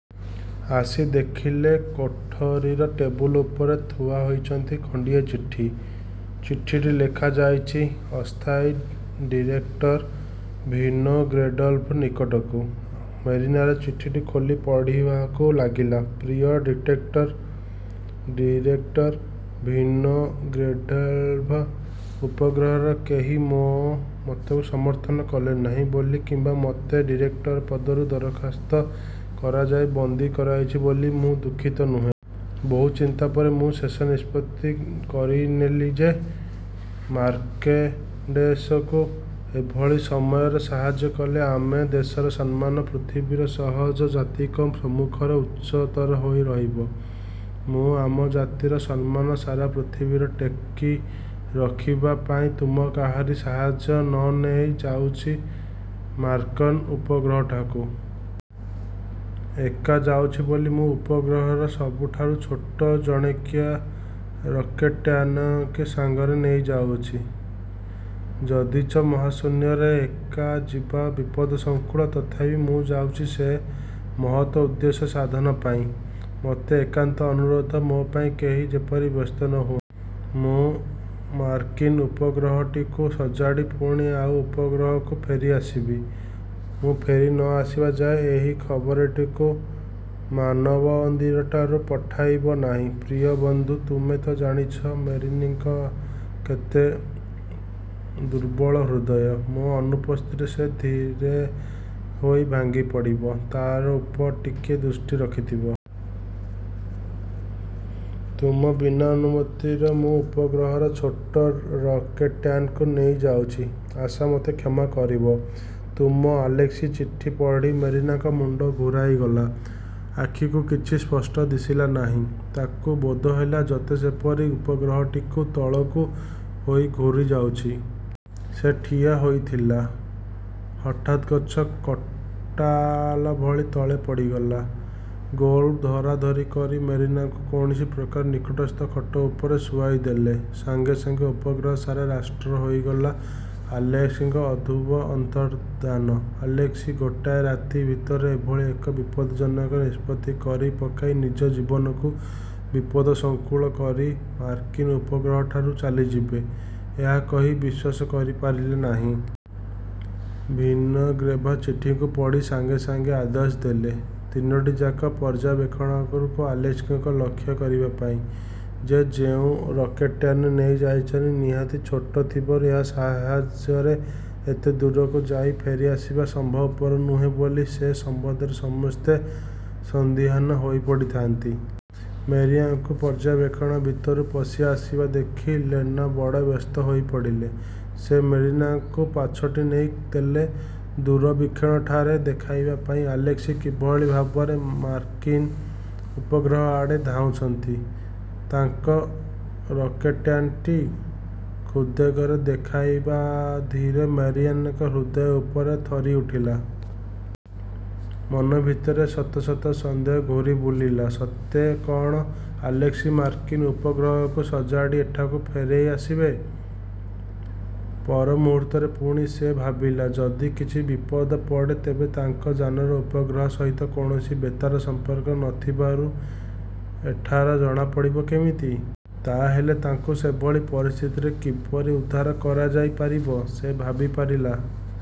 ଆସି ଦେଖିଲେ କୋଠରିର ଟେବୁଲ ଉପରେ ଥୁଆହୋଇଛି ଖଣ୍ଡିଏ ଚିଠି। ଚିଠିଟି ଲେଖାଯାଇଛି ଅସ୍ଥାୟୀ ଡିରେକ୍ଟର ଭିନୋଗ୍ରେଡ଼ୋଭ୍ଙ୍କ ନିକଟକୁ। ମେରିନା ଚିଠିଟି ଖୋଲି ପଢ଼ିବାକୁ ଲାଗିଲା– ପ୍ରିୟ ଡିରେକ୍ଟର ଭିନୋଗ୍ରେଡ଼ୋଭ୍, ଉପଗ୍ରହର କେହି ମୋ ମତକୁ ସମର୍ଥନ କଲେ ନାହିଁ ବୋଲି କିମ୍ବା ମୋତେ ଡିରେକ୍ଟର ପଦରୁ ଦରଖାସ୍ତ କରାଯାଇ ବନ୍ଦୀ କରାଯାଇଛି ବୋଲି ମୁଁ ଦୁଃଖିତ ନୁହେଁ। ବହୁ ଚିନ୍ତା ପରେ ମୁଁ ଶେଷ ନିଷ୍ପତ୍ତି କରିନେଲି ଯେ, ମାର୍କିନ୍ଦେଶକୁ ଏଭଳି ସମୟରେ ସାହାଯ୍ୟ କଲେ ଆମ ଦେଶର ସମ୍ମାନ ପୃଥିବୀର ସକଳ ଜାତିଙ୍କ ସମ୍ମୁଖରେ ଉଚ୍ଚତର ହୋଇ ରହିବ। ମୁଁ ଆମ ଜାତିର ସମ୍ମାନ ସାରା ପୃଥିବୀରେ ଟେକି ରଖିବା ପାଇଁ ତୁମ କାହାରି ସାହାଯ୍ୟ ନନେଇ ଯାଉଛି ମାର୍କିନ୍ ଉପଗ୍ରହଠାକୁ। ଏକା ଯାଉଛି ବୋଲି ମୁଁ ଉପଗ୍ରହର ସବୁଠାରୁ ଛୋଟ ଜଣକିଆ ରକେଟ୍ଯାନଟି ସଙ୍ଗରେ ନେଇ ଯାଉଛି। ଯଦିଚ ମହାଶୂନ୍ୟରେ ଏକା ଯିବା ବିପଦସଂକୁଳ, ତଥାପି ମୁଁ ଯାଉଛି ସେହି ମହତ୍ଉଦ୍ଦେଶ୍ୟ ସାଧନ ପାଇଁ। ମୋର ଏକାନ୍ତ ଅନୁରୋଧ, ମୋ ପାଇଁ କେହି ଯେପରି ବ୍ୟସ୍ତ ନ ହୁଅନ୍ତି। ମୁଁ ମାର୍କିନ୍ ଉପଗ୍ରହଟିକୁ ସଜାଡ଼ି ପୁଣି ଆମ ଉପଗ୍ରହକୁ ଫେରିଆସିବି। ମୁଁ ଫେରି ନ ଆସିବା ଯାଏଁ, ଏହି ଖବରଟି ମାନମନ୍ଦିରକୁ ପଠାଇବ ନାହିଁ। ପ୍ରିୟ ବନ୍ଧୁ, ତୁମେ ତ ଜାଣିଛ ମେରିନା କେଡ଼େ ଦୁର୍ବଳହୃଦୟା। ମୋ ଅନୁପସ୍ଥିତିରେ ସେ ଅଧୀର ହୋଇ ଭାଙ୍ଗିଫଡ଼ିବ। ତା' ଉପରେ ଟିକିଏ ଦୃଷ୍ଟି ରଖିଥିବ। ତୁମ ବିନାନୁମତିରେ ମୁଁ ଉପଗ୍ରହର ଛୋଟ ରକେଟ୍ଯାନଟି ନେଇ ଯାଉଛି। ଆଶା, ମୋତେ କ୍ଷମା କରିବ। ତୁମର ଆଲେସ୍କି ଚିଠିଟି ପଢ଼ି ମେରିନାର ମୁଣ୍ଡ ଘୂରାଇଗଲା। ଆଖିକୁ କିଛି ସ୍ପଷ୍ଟ ଦିଶିଲା ନାହିଁ। ତାକୁ ବୋଧହେଲା ସତେ ଯେପରି ଉପଗ୍ରହଟି ତଳୁ ଉପର ହୋଇ ଘୂରିଯାଉଛି। ସେ ଠିଆ ହୋଇଥିଲା, ହଠାତ୍ଗଛ କାଟିଲଭଳି ତଳେ ପଡ଼ିଗଲା। ଗୋଲେଭ୍ ଧରାଧରି କରି ମେରିନାକୁ କୌଣସି ପ୍ରକାରେ ନିକଟସ୍ଥ ଖଟ ଉପରେ ଶୁଆଇଦେଲେ। ସଙ୍ଗେ ସଙ୍ଗେ ଉପଗ୍ରହ ସାରା ରାଷ୍ଟ୍ର ହୋଇଗଲା ଆଲେସ୍କିଙ୍କ ଅଦ୍ଭୁତ ଅନ୍ତର୍ଦ୍ଧାନ। ଆଲେସ୍କି ଗୋଟାଏ ରାତି ଭିତରେ ଏଭଳି ଏକ ବିପଦ୍ଜନକ ନିଷ୍ପତ୍ତି କରି ପକାଇ ନିଜ ଜୀବନକୁ ବିପଦସଂକୁଳ କରି ମାର୍କିନ୍ ଉପଗ୍ରହଠାରୁ ଚାଲିଯିବେ, ଏହା କେହି ବିଶ୍ୱାସ କରିପାରିଲେ ନାହିଁ। ଭିନୋଗ୍ରେଡ଼ୋଭ୍ ଚିଠିଟିକୁ ପଢ଼ି ସଙ୍ଗେ ସଙ୍ଗେ ଆଦେଶ ଦେଲେ, ତିନୋଟିଯାକ ପର୍ଯ୍ୟବେକ୍ଷଣାଗାରରୁ ଆଲେସ୍କିଙ୍କୁ ଲକ୍ଷ୍ୟ କରିବା ପାଇଁ। ସେ ଯେଉଁ ରକେଟ୍ଯାନଟି ନେଇ ଯାଇଛନ୍ତି, ନିହାତି ଛୋଟ ଥିବାରୁ ଏହା ସାହାଯ୍ୟରେ ଏତେ ଦୂରକୁ ଯାଇ ଫେରିଆସିବା ସମ୍ଭବପର ନୁହେଁ ବୋଲି ସେ ସମ୍ବନ୍ଧରେ ସମସ୍ତେ ସନ୍ଦିହାନ ହୋଇପଡ଼ିଥାନ୍ତି। ମେରିନାକୁ ପର୍ଯ୍ୟବେକ୍ଷଣାଗାର ଭିତରକୁ ପଶି ଆସିବା ଦେଖି ଲେନା ବଡ଼ ବ୍ୟସ୍ତ ହୋଇପଡ଼ିଲା। ସେ ମେରିନାକୁ ପାଛୋଟି ନେଇ ଗଲା ଦୂରବୀକ୍ଷଣଠାରେ ଦେଖାଇବା ପାଇଁ ଆଲେସ୍କି କିଭଳି ଭାବରେ ମାର୍କିନ୍। ଉପଗ୍ରହ ଆଡ଼େ ଧାଉଁଛନ୍ତି। ତାଙ୍କ ରକେଟ୍ଯାନଟି ଖୁବ୍ବେଗରେ ଆଗେଇବାର ଦେଖି ମେରିନାର ହୃଦୟ ଭୟରେ ଥରି ଉଠିଲା। ମନ ଭିତରେ ଶତ ଶତ ସନ୍ଦେହ ଘୂରି ବୁଲିଲା, ''ସତେ କଅଣ ଆଲେସ୍କି ମାର୍କିନ୍ ଉପଗ୍ରହକୁ ସଜାଡ଼ି ଏଠାକୁ ଫେରିଆସିବେ? '' ପରମୁହୂର୍ତ୍ତରେ ପୁଣି ସେ ଭାବିଲା, ଯଦି କିଛି ବିପଦ ପଡ଼େ ତେବେ ତାଙ୍କ ଯାନର ଉପଗ୍ରହ ସହିତ କୌଣସି ବେତାର ସଂପର୍କ ନଥିବାରୁ ଏଠାରେ ଜଣାପଡ଼ିବ କେମିତି? ତା'ହେଲେ ତାଙ୍କୁ ସେଭଳି ପରିସ୍ଥିତିରେ କିପରି ଉଦ୍ଧାର କରାଯାଇ ପାରିବ, ସେ ଭାବି ପାରିଲା